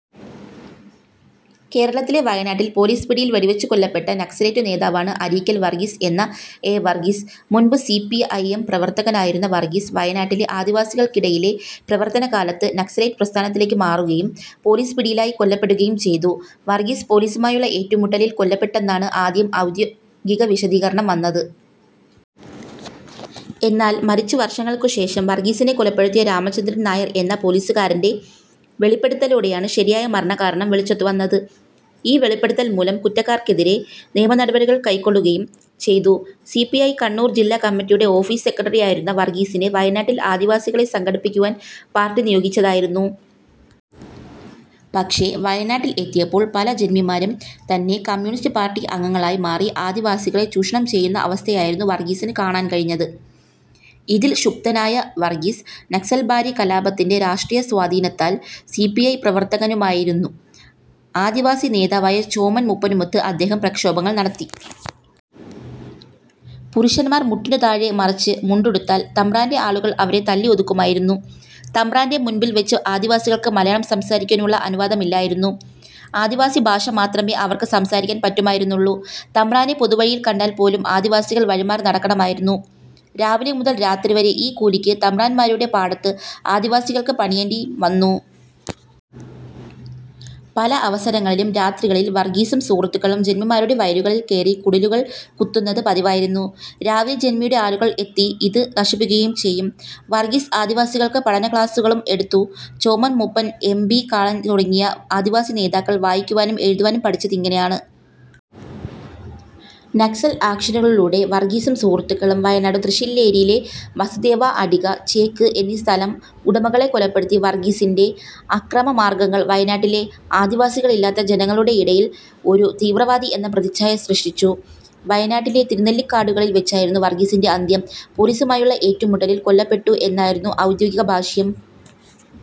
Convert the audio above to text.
കേരളത്തിലെ വയനാട്ടിൽ പോലീസ് പിടിയിൽ വെടിവെച്ചു കൊല്ലപ്പെട്ട നക്സലൈറ്റു് നേതാവാണു് അരീക്കൽ വർഗ്ഗീസ് എന്ന എ. വർഗ്ഗീസ്. മുൻപ് സി. പി. ഐ. എം പ്രവർത്തകനായിരുന്ന വർഗ്ഗീസ്, വയനാട്ടിലെ ആദിവസികൾക്കിടയിലെ പ്രവർത്തന കാലത്ത് നക്സലൈറ്റ് പ്രസ്ഥാനത്തിലേക്ക് മാറുകയും. പോലീസ് പിടിയിലായി കൊല്ലപ്പെടുകയും ചെയ്തു. വർഗ്ഗീസ് പോലീസുമായുള്ള ഏറ്റുമുട്ടലിൽ കൊല്ലപ്പെട്ടെന്നാണ് ആദ്യം ഔദ്യോഗികവിശദീകരണം വന്നത്. എന്നാൽ മരിച്ച് വർഷങ്ങൾക്കു ശേഷം വർഗ്ഗീസിനെ കൊലപ്പെടുത്തിയ രാമചന്ദ്രൻ നായർ എന്ന പോലീസുകാരന്റെ വെളിപ്പെടുത്തലോടെയാണ് ശരിയായ മരണകാരണം വെളിച്ചത്തുവന്നത്. ഈ വെളിപ്പെടുത്തൽ മൂലം കുറ്റക്കാർക്കെതിരെ നിയമനടപടികൾ കൈക്കൊള്ളുകയും ചെയ്തു. സി. പി. ഐ കണ്ണൂർ ജില്ലാ കമ്മിറ്റിയുടെ ഓഫീസ് സെക്രട്ടറിയായിരുന്ന വർഗ്ഗീസിനെ വയനാട്ടിൽ ആദിവാസികളെ സംഘടിപ്പിക്കുവാൻ പാർട്ടി നിയോഗിച്ചതായിരുന്നു. പക്ഷേ വയനാട്ടിൽ എത്തിയപ്പോൾ പല ജന്മിമാരും തന്നെ കമ്യൂണിസ്റ്റ് പാർട്ടി അംഗങ്ങളായി മാറി ആദിവാസികളെ ചൂഷണം ചെയ്യുന്ന അവസ്ഥയായിരുന്നു വർഗ്ഗീസിന് കാണാൻ കഴിഞ്ഞത്. ഇതിൽ ക്ഷുബ്ധനായ വർഗ്ഗീസ്, നക്സൽബാരി കലാപത്തിന്റെ രാഷ്ട്രീയസ്വാധീനത്താൽ സി. പി. ഐ പ്രവർത്തകനാവുകയായിരുന്നു. ആദിവാസി നേതാവായ ചോമൻ മൂപ്പനുമൊത്ത് അദ്ദേഹം പ്രക്ഷോഭങ്ങൾ നടത്തി. പുരുഷന്മാർ മുട്ടിനു താഴെ മറച്ച് മുണ്ടുടുത്താൽ തമ്പ്രാന്റെ ആളുകൾ അവരെ തല്ലി ഒതുക്കുമായിരുന്നു. തമ്പ്രാന്റെ മുമ്പിൽ വെച്ച് ആദിവാസികൾക്ക് മലയാളം സംസാരിക്കുവാനുള്ള അനുവാദമില്ലായിരുന്നു. ആദിവാസി ഭാഷ മാത്രമേ അവർക്ക് സംസാരിക്കാൻ പറ്റുമായിരുന്നുള്ളൂ. തമ്പ്രാനെ പൊതുവഴിയിൽ കണ്ടാൽ പോലും ആദിവാസികൾ വഴിമാറി നടക്കണമായിരുന്നു. രാവിലെ മുതൽ രാത്രിവരെ ഈ കൂലിക്ക് തമ്പ്രാന്മാരുടെ പാടത്ത് ആദിവാസികൾക്ക് പണിയേണ്ടിയും വന്നു. പല അവസരങ്ങളിലും രാത്രികളിൽ വർഗ്ഗീസും സുഹൃത്തുക്കളും ജന്മിമാരുടെ വയലുകളിൽ കയറി കുടിലുകൾ കുത്തുന്നത് പതിവായിരുന്നു. രാവിലെ ജന്മിയുടെ ആളുകൾ എത്തി ഇത് നശിപ്പിക്കുകയും ചെയ്യും. വർഗ്ഗീസ് ആദിവാസികൾക്ക് പഠന ക്ലാസുകളും എടുത്തു. ചോമൻ മൂപ്പൻ, എം. പി. കാളൻ തുടങ്ങിയ ആദിവാസി നേതാക്കൾ വായിക്കുവാനും എഴുതുവാനും പഠിച്ചത് ഇങ്ങനെയാണ്. നക്സൽ ആക്ഷനുകളിലൂടെ വർഗ്ഗീസും സുഹൃത്തുക്കളും വയനാടു് ത്രിശ്ശില്ലേരിയിലെ വസുദേവ അഡിഗ, ചേക്കു എന്നീ സ്ഥലം ഉടമകളെ കൊലപ്പെടുത്തി. വർഗ്ഗീസിന്റെ അക്രമ മാർഗ്ഗങ്ങൾ വയനാട്ടിലെ ആദിവാസികളല്ലാത്ത ജനങ്ങളുടെയിടയിൽ ഒരു തീവ്രവാദി എന്ന പ്രതിച്ഛായ സൃഷ്ടിച്ചു. വയനാട്ടിലെ തിരുനെല്ലിക്കാടുകളിൽ വെച്ചായിരുന്നു വർഗ്ഗീസിന്റെ അന്ത്യം. പോലീസുമായുള്ള ഏറ്റുമുട്ടലിൽ കൊല്ലപ്പെട്ടു എന്നായിരുന്നു ഔദ്യോഗിക ഭാഷ്യം.